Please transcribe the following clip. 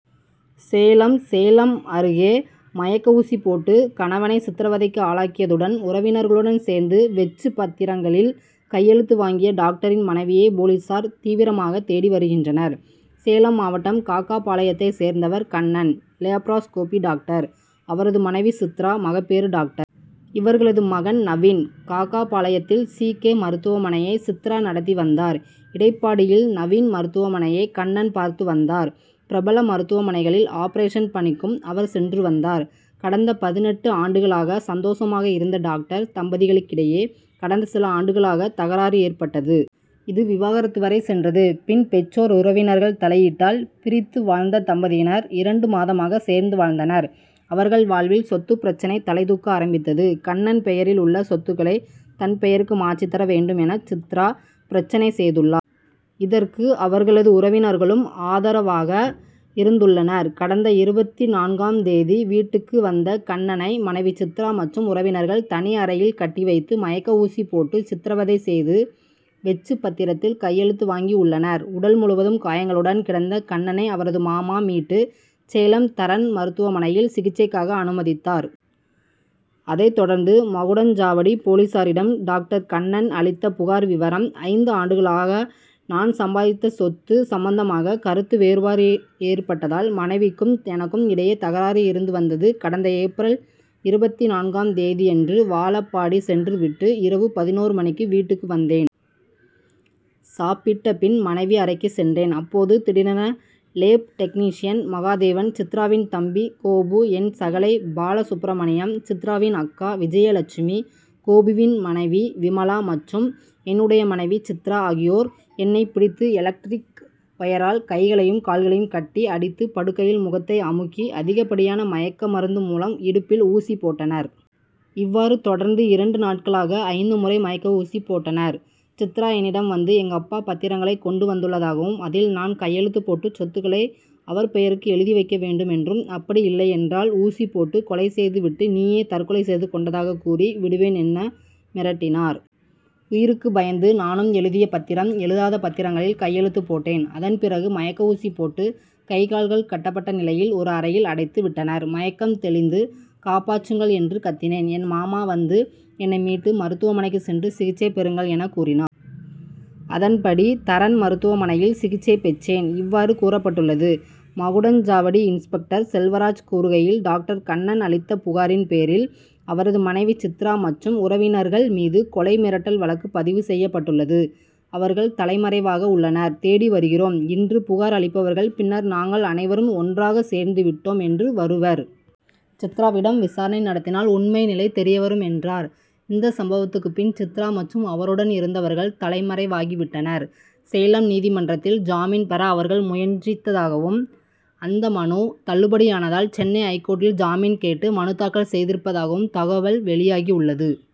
சேலம் சேலம் அருகே மயக்க ஊசி போட்டு கணவனை சித்ரவதைக்கு ஆளாக்கியதுடன் உறவினர்களுடன் சேர்ந்து வெற்றுப் பத்திரங்களில் கையெழுத்து வாங்கிய டாக்டரின் மனைவியை போலீசார் தீவிரமாக தேடி வருகின்றனர். சேலம் மாவட்டம் காகாபாளையத்தைச் சேர்ந்தவர் கண்ணன் லேப்ராஸ்கோபி டாக்டர். அவரது மனைவி சித்ரா மகப்பேறு டாக்டர். இவர்களது மகன் நவீன். காகாபாளையத்தில் சி. கே. மருத்துவமனையை சித்ரா நடத்தி வந்தார். இடைப்பாடியில் நவீன் மருத்துவமனையை கண்ணன் பார்த்து வந்தார். பிரபல மருத்துவமனைகளில் ஆபரேஷன் பணிக்கும் அவர் சென்று வந்தார். கடந்த பதினெட்டு ஆண்டுகளாக சந்தோஷமாக இருந்த டாக்டர் தம்பதிகளிடையே கடந்த சில ஆண்டுகளாக தகராறு ஏற்பட்டது. இது விவாகரத்து வரை சென்றது. பின் பெற்றோர் உறவினர்கள் தலையீட்டால் பிரித்து வாழ்ந்த தம்பதியர் இரண்டு மாதமாக சேர்ந்து வாழ்ந்தனர். அவர்கள் வாழ்வில் சொத்துப் பிரச்னை தலைதூக்க ஆரம்பித்தது. கண்ணன் பெயரில் உள்ள சொத்துக்களை தன் பெயருக்கு மாற்றித் தர வேண்டும் என சித்ரா பிரச்னை செய்துள்ளார். இதற்கு அவர்களது உறவினர்களும் ஆதரவாக இருந்துள்ளனர். கடந்த இருபத்துநான்காம் தேதி வீட்டுக்கு வந்த கண்ணனை மனைவி சித்ரா மற்றும் உறவினர்கள் தனி அறையில் கட்டி வைத்து மயக்க ஊசி போட்டு சித்ரவதை செய்து வெற்றுப் பத்திரத்தில் கையெழுத்து வாங்கி உள்ளனர். உடல் முழுவதும் காயங்களுடன் கிடந்த கண்ணனை அவரது மாமா மீட்டு சேலம் தரண் மருத்துவமனையில் சிகிச்சைக்காக அனுமதித்தார். அதைத் தொடர்ந்து மகுடஞ்சாவடி போலீசாரிடம் டாக்டர் கண்ணன் அளித்த புகார் விவரம் ஐந்து ஆண்டுகளாக நான் சம்பாதித்த சொத்து சம்பந்தமாக கருத்து வேறுபாடு ஏற்பட்டதால் மனைவிக்கும் எனக்கும் இடையே தகராறு இருந்து வந்தது. கடந்த ஏப்ரல் இருபத்துநான்காம் தேதியன்று வாழப்பாடி சென்று விட்டு இரவு பதினொரு மணிக்கு வீட்டுக்கு வந்தேன். சாப்பிட்ட பின் மனைவி அறைக்கு சென்றேன். அப்போது திடீரென லேப் டெக்னீஷியன் மகாதேவன் சித்ராவின் தம்பி கோபு என் சகலை பாலசுப்பிரமணியம் சித்ராவின் அக்கா விஜயலட்சுமி கோபுவின் மனைவி விமலா மற்றும் என்னுடைய மனைவி சித்ரா ஆகியோர் என்னை பிடித்து எலக்ட்ரிக் ஒயரால் கைகளையும் கால்களையும் கட்டி அடித்து படுக்கையில் முகத்தை அமுக்கி அதிகப்படியான மயக்க மருந்து மூலம் இடுப்பில் ஊசி போட்டனர். இவ்வாறு தொடர்ந்து இரண்டு நாட்களாக ஐந்து முறை மயக்க ஊசி போட்டனர். சித்ரா என்னிடம் வந்து எங்கப்பா பத்திரங்களை கொண்டு வந்துள்ளதாகவும் அதில் நான் கையெழுத்து போட்டு சொத்துக்களை அவர் பெயருக்கு எழுதி வைக்க வேண்டும் என்றும் அப்படி இல்லையென்றால் ஊசி போட்டு கொலை செய்து விட்டு நீயே தற்கொலை செய்து கொண்டதாக கூறி விடுவேன் என மிரட்டினார். உயிருக்கு பயந்து நானும் எழுதிய பத்திரம் எழுதாத பத்திரங்களில் கையெழுத்து போட்டேன். அதன் பிறகு மயக்க ஊசி போட்டு கை கால்கள் கட்டப்பட்ட நிலையில் ஒரு அறையில் அடைத்து விட்டனர். மயக்கம் தெளிந்து காப்பாற்றுங்கள் என்று கத்தினேன். என் மாமா வந்து என்னை மீட்டு மருத்துவமனைக்கு சென்று சிகிச்சை பெறுங்கள் என கூறினார். அதன்படி தரண் மருத்துவமனையில் சிகிச்சை பெற்றேன். இவ்வாறு கூறப்பட்டுள்ளது. மகுடஞ்சாவடி இன்ஸ்பெக்டர் செல்வராஜ் கூறுகையில் டாக்டர் கண்ணன் அளித்த புகாரின் பேரில் அவரது மனைவி சித்ரா மற்றும் உறவினர்கள் மீது கொலை மிரட்டல் வழக்கு பதிவு செய்யப்பட்டுள்ளது. அவர்கள் தலைமறைவாக உள்ளனர் தேடி வருகிறோம். இன்று புகார் அளிப்பவர்கள் பின்னர் நாங்கள் அனைவரும் ஒன்றாக சேர்ந்து விட்டோம் என்று வருவர். சித்ராவிடம் விசாரணை நடத்தினால் உண்மை நிலை தெரியவரும் என்றார். இந்த சம்பவத்துக்கு பின் சித்ரா மற்றும் அவருடன் இருந்தவர்கள் தலைமறைவாகி விட்டனர். சேலம் நீதிமன்றத்தில் ஜாமீன் பெற அவர்கள் முயற்சித்ததாகவும் அந்த மனு தள்ளுபடியானதால் சென்னை ஐகோர்ட்டில் ஜாமீன் கேட்டு மனு தாக்கல் செய்திருப்பதாகவும் தகவல் வெளியாகியுள்ளது.